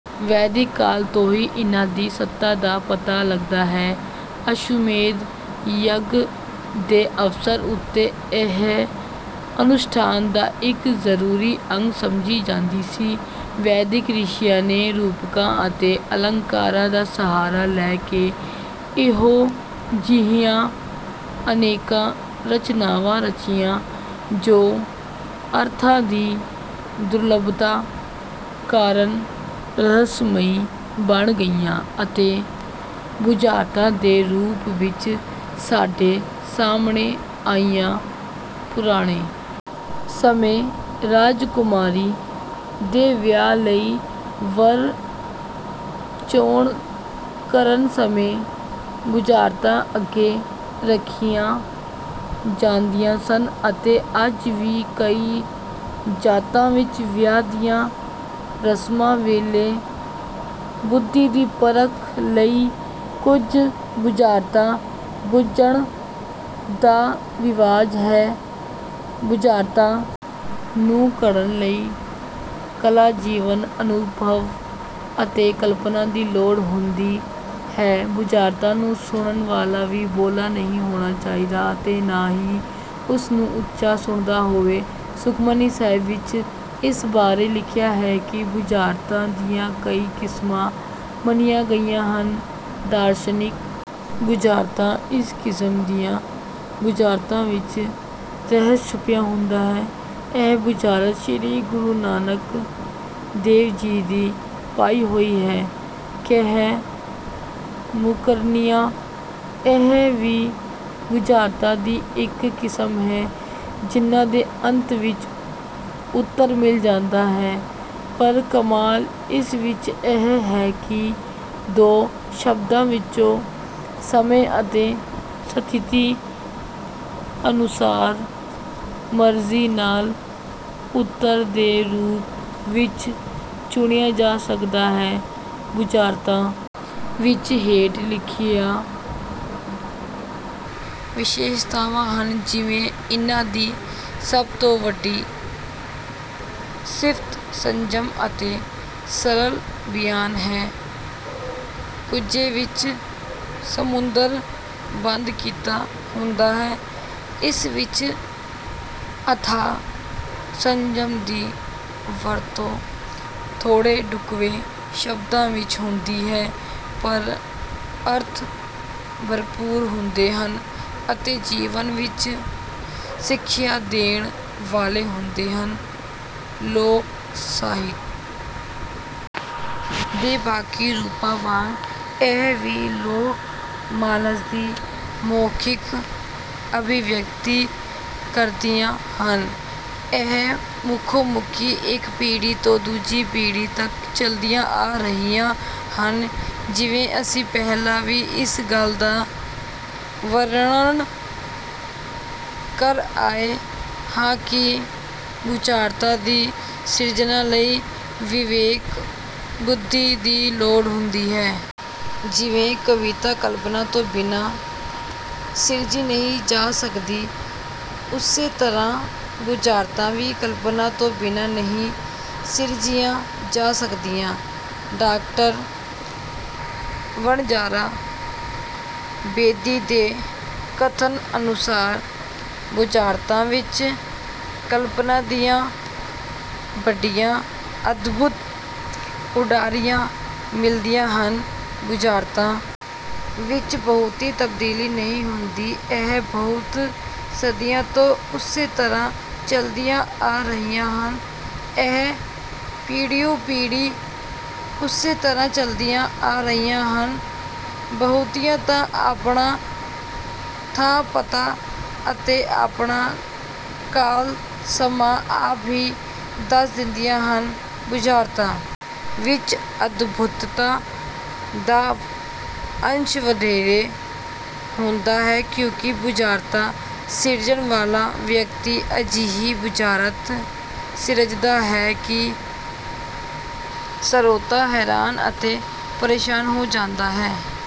ਵੈਦਿਕ ਕਾਲ ਤੋਂ ਹੀ ਇਨ੍ਹਾਂ ਦੀ ਸੱਤਾ ਦਾ ਪਤਾ ਲੱਗਦਾ ਹੈ। ਅਸ਼ਵਮੇਧ ਯੱਗ ਦੇ ਅਵਸਰ ਉੱਤੇ ਇਹ ਅਨੁਸ਼ਠਾਨ ਦਾ ਇੱਕ ਜ਼ਰੂਰੀ ਅੰਗ ਸਮਝੀ ਜਾਂਦੀ ਸੀ। ਵੈਦਿਕ ਰਿਸ਼ੀਆਂ ਨੇ ਰੂਪਕਾਂ ਅਤੇ ਅਲੰਕਾਰਾਂ ਦਾ ਸਹਾਰਾ ਲੈ ਕੇ ਇਹੋ ਜਿਹੀਆਂ ਅਨੇਕਾਂ ਰਚਨਾਵਾਂ ਰਚੀਆਂ, ਜੋ ਅਰਥਾਂ ਦੀ ਦੁਰਲੱਭਤਾ ਕਾਰਨ ਰਹੱਸਮਈ ਬਣ ਗਈਆਂ ਅਤੇ ਬੁਝਾਰਤਾਂ ਦੇ ਰੂਪ ਵਿੱਚ ਸਾਡੇ ਸਾਹਮਣੇ ਆਈਆਂ। ਪੁਰਾਣੇ ਸਮੇਂ ਰਾਜਕੁਮਾਰੀ ਦੇ ਵਿਆਹ ਲਈ ਵਰ-ਚੋਣ ਕਰਨ ਸਮੇਂ ਬੁਝਾਰਤਾਂ ਅੱਗੇ ਰੱਖੀਆਂ ਜਾਂਦੀਆਂ ਸਨ ਅਤੇ ਅੱਜ ਵੀ ਕਈ ਜਾਤਾਂ ਵਿੱਚ ਵਿਆਹ ਦੀਆਂ ਰਸਮਾਂ ਵੇਲੇ ਬੁੱਧੀ ਦੀ ਪਰਖ ਲਈ ਕੁਝ ਬੁਝਾਰਤਾਂ ਬੁੱਝਣ ਦਾ ਰਿਵਾਜ ਹੈ। ਬੁਝਾਰਤਾਂ ਨੂੰ ਘੜਨ ਲਈ ਕਲਾ, ਜੀਵਨ-ਅਨੁਭਵ ਅਤੇ ਕਲਪਨਾ ਦੀ ਲੋੜ ਹੁੰਦੀ ਹੈ। ਬੁਝਾਰਤਾਂ ਨੂੰ ਸੁਣਨ ਵਾਲਾ ਵੀ ‘ਬੋਲਾ’ ਨਹੀਂ ਹੋਣਾ ਚਾਹੀਦਾ ਅਤੇ ਨਾ ਹੀ ਉਸ ਨੂੰ ਉੱਚਾ ਸੁਣਦਾ ਹੋਵੇ। ਸੁਖਮਨੀ ਸਾਹਿਬ ਵਿੱਚ ਇਸ ਬਾਰੇ ਲਿਖਿਆ ਹੈ ਕਿ ਬੁਝਾਰਤਾਂ ਦੀਆਂ ਕਈ ਕਿਸਮਾਂ ਮੰਨੀਆਂ ਗਈਆਂ ਹਨ। ਦਾਰਸ਼ਨਿਕ ਬੁਝਾਰਤਾਂ ਇਸ ਕਿਸਮ ਦੀਆਂ ਬੁਝਾਰਤਾਂ ਵਿੱਚ ਰਹੱਸ ਛੁਪਿਆ ਹੁੰਦਾ ਹੈ। ਇਹ ਬੁਝਾਰਤ ਸ੍ਰੀ ਗੁਰੂ ਨਾਨਕ ਦੇਵ ਜੀ ਦੀ ਪਾਈ ਹੋਈ ਹੈ। ਕਹਿ-ਮੁੱਕਰਨੀਆਂ: ਇਹ ਵੀ ਬੁਝਾਰਤਾਂ ਦੀ ਇੱਕ ਕਿਸਮ ਹੈ। ਜਿਨ੍ਹਾਂ ਦੇ ਅੰਤ ਵਿੱਚ ਉੱਤਰ ਮਿਲ ਜਾਂਦਾ ਹੈ, ਪਰ ਕਮਾਲ ਇਸ ਵਿੱਚ ਇਹ ਹੈ ਕਿ ਦੋ ਸ਼ਬਦਾਂ ਵਿੱਚੋਂ ਸਮੇਂ ਅਤੇ ਸਥਿਤੀ ਅਨੁਸਾਰ ਮਰਜ਼ੀ ਨਾਲ ਉੱਤਰ ਦੇ ਰੂਪ ਵਿੱਚ ਚੁਣਿਆ ਜਾ ਸਕਦਾ ਹੈ। ਬੁਝਾਰਤਾਂ ਵਿੱਚ ਹੇਠ ਲਿਖੀਆਂ ਵਿਸ਼ੇਸ਼ਤਾਵਾਂ ਹਨ। ਜਿਵੇ ਇਨ੍ਹਾਂ ਦੀ ਸਭ ਤੋਂ ਵੱਡੀ ਸਿਫ਼ਤ ਸੰਜਮ ਅਤੇ ਸਰਲ ਬਿਆਨ ਹੈ। ਕੁੱਜੇ ਵਿੱਚ ਸਮੁੰਦਰ ਬੰਦ ਕੀਤਾ ਹੁੰਦਾ ਹੈ। ਇਸ ਵਿੱਚ ਅਥਾਹ ਸੰਜਮ ਦੀ ਵਰਤੋਂ ਥੋੜ੍ਹੇ ਢੁਕਵੇਂ ਸ਼ਬਦਾਂ ਵਿੱਚ ਹੁੰਦੀ ਹੈ, ਪਰ ਅਰਥ ਭਰਪੂਰ ਹੁੰਦੇ ਹਨ ਅਤੇ ਜੀਵਨ ਵਿੱਚ ਸਿੱਖਿਆ ਦੇਣ ਵਾਲੇ ਹੁੰਦੇ ਹਨ। ਲੋਕ-ਸਾਹਿਤ ਦੇ ਬਾਕੀ ਰੂਪਾਂ ਵਾਂਗ ਇਹ ਵੀ ਲੋਕ-ਮਾਨਸ ਦੀ ਮੌਖਿਕ ਅਭਿਵਿਅਕਤੀ ਕਰਦੀਆਂ ਹਨ। ਇਹ ਮੂੰਖੋਂ-ਮੂੰਖੀਂ ਇੱਕ ਪੀੜ੍ਹੀ ਤੋਂ ਦੂਜੀ ਪੀੜ੍ਹੀ ਤੱਕ ਚੱਲਦੀਆਂ ਆ ਰਹੀਆਂ ਹਨ। ਜਿਵੇਂ ਅਸੀਂ ਪਹਿਲਾਂ ਵੀ ਇਸ ਗੱਲ ਦਾ ਵਰਣਨ ਕਰ ਆਏ ਹਾਂ ਕਿ ਬੁਝਾਰਤਾਂ ਦੀ ਸਿਰਜਣਾ ਲਈ ਵਿਵੇਕ-ਬੁੱਧੀ ਦੀ ਲੋੜ ਹੁੰਦੀ ਹੈ। ਜਿਵੇਂ ਕਵਿਤਾ ਕਲਪਨਾ ਤੋਂ ਬਿਨਾਂ ਸਿਰਜੀ ਨਹੀਂ ਜਾ ਸਕਦੀ, ਉਸੇ ਤਰ੍ਹਾਂ ਬੁਝਾਰਤਾਂ ਵੀ ਕਲਪਨਾ ਤੋਂ ਬਿਨਾਂ ਨਹੀਂ ਸਿਰਜੀਆਂ ਜਾ ਸਕਦੀਆਂ। ਡਾਕਟਰ ਵਣਜਾਰਾ ਬੇਦੀ ਦੇ ਕਥਨ ਅਨੁਸਾਰ, “ਬੁਝਾਰਤਾਂ ਵਿੱਚ ਕਲਪਨਾ ਦੀਆਂ ਬੜੀਆਂ ਅਦਭੁਤ ਉਡਾਰੀਆਂ ਮਿਲਦੀਆਂ ਹਨ। ਬੁਝਾਰਤਾਂ ਵਿੱਚ ਬਹੁਤੀ ਤਬਦੀਲੀ ਨਹੀਂ ਹੁੰਦੀ। ਇਹ ਬਹੁਤ ਸਦੀਆਂ ਤੋਂ ਉਸੇ ਤਰ੍ਹਾਂ ਚੱਲਦੀਆਂ ਆ ਰਹੀਆਂ ਹਨ। ਇਹ ਪੀੜ੍ਹੀਓਂ-ਪੀੜ੍ਹੀ ਉਸੇ ਤਰ੍ਹਾਂ ਚੱਲਦੀਆਂ ਆ ਰਹੀਆਂ ਹਨ। ਬਹੁਤੀਆਂ ਤਾਂ ਆਪਣਾ ਥਾਂ-ਪਤਾ ਅਤੇ ਆਪਣਾ ਕਾਲ-ਸਮਾਂ ਆਪ ਹੀ ਦੱਸ ਦਿੰਦੀਆਂ ਹਨ। ਬੁਝਾਰਤਾਂ ਵਿੱਚ ਅਦਭੁੱਤਤਾ ਦਾ ਅੰਸ਼ ਵਧੇਰੇ ਹੁੰਦਾ ਹੈ, ਕਿਉਂਕਿ ਬੁਝਾਰਤਾਂ ਸਿਰਜਣ ਵਾਲਾ ਵਿਅਕਤੀ ਅਜਿਹੀ ਬੁਝਾਰਤ ਸਿਰਜਦਾ ਹੈ ਕਿ ਸਰੋਤਾ ਹੈਰਾਨ ਅਤੇ ਪਰੇਸ਼ਾਨ ਹੋ ਜਾਂਦਾ ਹੈ।